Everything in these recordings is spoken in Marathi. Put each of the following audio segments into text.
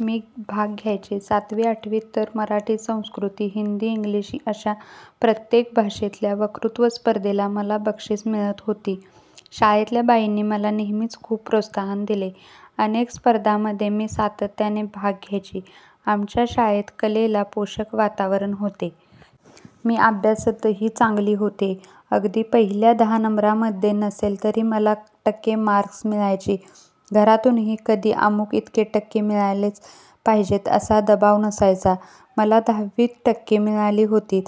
मी भाग घ्यायचे. सातवी-आठवीत तर मराठी, संस्कृत, हिंदी, इंग्लिश अशा प्रत्येक भाषेतल्या वक्तृत्व स्पर्धेत मला बक्षिसं मिळाली होती! शाळेतल्या बाईंनी मला नेहमीच खूप प्रोत्साहन दिलं. अनेक स्पर्धांमध्ये मी सातत्याने भाग घ्यायचे. आमच्या शाळेत कलेला पोषक वातावरण होतं. मी अभ्यासातही चांगली होते. अगदी पहिल्या दहा नंबरांमध्ये नसले तरी मला टक्के मार्क्स मिळायचे. घरातूनही कधी 'अमुक इतके टक्के मिळालेच पाहिजेत' असा दबाव नसायचा. मला दहावीत टक्के मिळाले होते.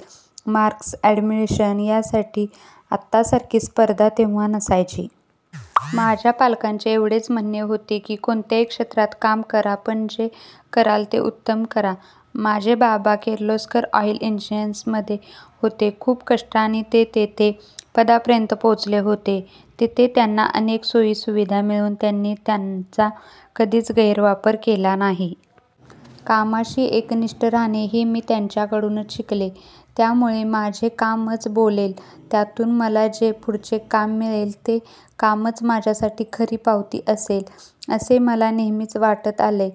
मार्क्स, अॅडमिशन यासाठी आत्तासारखी स्पर्धा तेव्हा नसायची. माझ्या पालकांचं एवढंच म्हणणं होतं की, कोणत्याही क्षेत्रात काम करा पण जे कराल ते उत्तम करा. माझे बाबा 'किर्लोस्कर ऑइल इंजिन्स'मध्ये होते, खूप कष्टाने ते तिथे.. पदापर्यंत पोहोचले होते. तिथे त्यांना अनेक सोयीसुविधा मिळूनही त्यांनी त्याचा कधीच गैरवापर केला नाही. कामाशी एकनिष्ठ राहणं हे मी त्यांच्याकडून शिकले. त्यामुळे 'माझं कामच बोलेल, त्यातून मला जे पुढचं काम मिळेल ते कामच माझ्यासाठी खरी पावती असेल,' असं मला नेहमीच वाटत आलंय.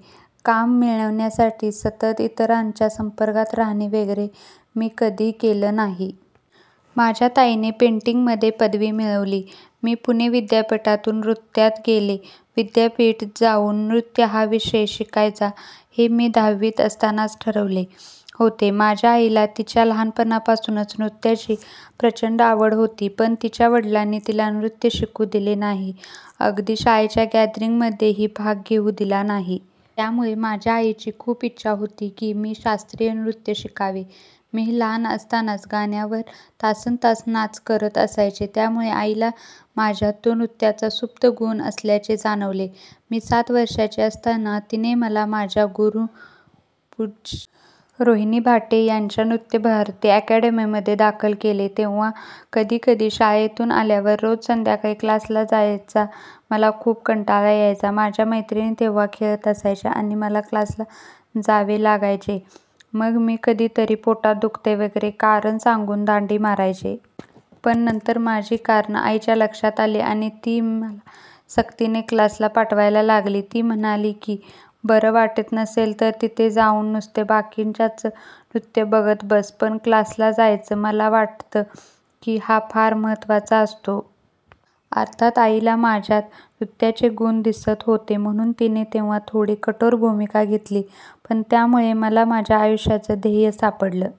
काम मिळवण्यासाठी सतत इतरांच्या संपर्कात राहणं वगैरे मी कधी केलं नाही. माझ्या ताईने पेंटिंगमध्ये पदवी मिळवली. मी पुणे विद्यापीठातून नृत्यात.. केलं. विद्यापीठात जाऊन 'नृत्य' हा विषय शिकायचा हे मी दहावीत असतानाच ठरवलं होतं. माझ्या आईला तिच्या लहानपणापासूनच नृत्याची प्रचंड आवड होती. पण तिच्या वडिलांनी तिला नृत्य शिकू दिलं नाही, अगदी शाळेच्या गॅदरिंगमध्येही भाग घेऊ दिला नाही. त्यामुळे माझ्या आईची खूप इच्छा होती की मी शास्त्रीय नृत्य शिकावं. मी लहान असताना गाण्यांवर तासन्तास नाच करत असायचे. त्यामुळे आईला माझ्यात तो नृत्याचा सुप्त गुण असल्याचं जाणवलं. मी सात वर्षांची असताना तिने मला, माझ्या गुरू पं. रोहिणी भाटे यांच्या नृत्यभारती अॅकडमीमध्ये दाखल केलं. तेव्हा कधीकधी शाळेतून आल्यावर रोज संध्याकाळी क्लासला जायचा मला खूप कंटाळा यायचा. माझ्या मैत्रिणी तेव्हा खेळत असायच्या आणि मला क्लासला जावं लागायचं! मग मी कधीतरी 'पोटात दुखतंय' वगैरे कारणं सांगून दांडी मारायचे. पण नंतर माझी कारणं आईच्या लक्षात आली आणि ती मला सक्तीने क्लासला पाठवायला लागली. ती म्हणायची की बरं वाटत नसेल तर तिथे जाऊन नुसती बाकीच्यांचं नृत्य बघत बस, पण क्लासला जायचंच. मला वाटतं की, हा फार महत्त्वाचा असतो. अर्थात आईला माझ्यात नृत्याचे गुण दिसत होते म्हणून तिने तेव्हा थोडी कठोर भूमिका घेतली. पण त्यामुळे मला माझ्या आयुष्याचं 'ध्येय' सापडलं!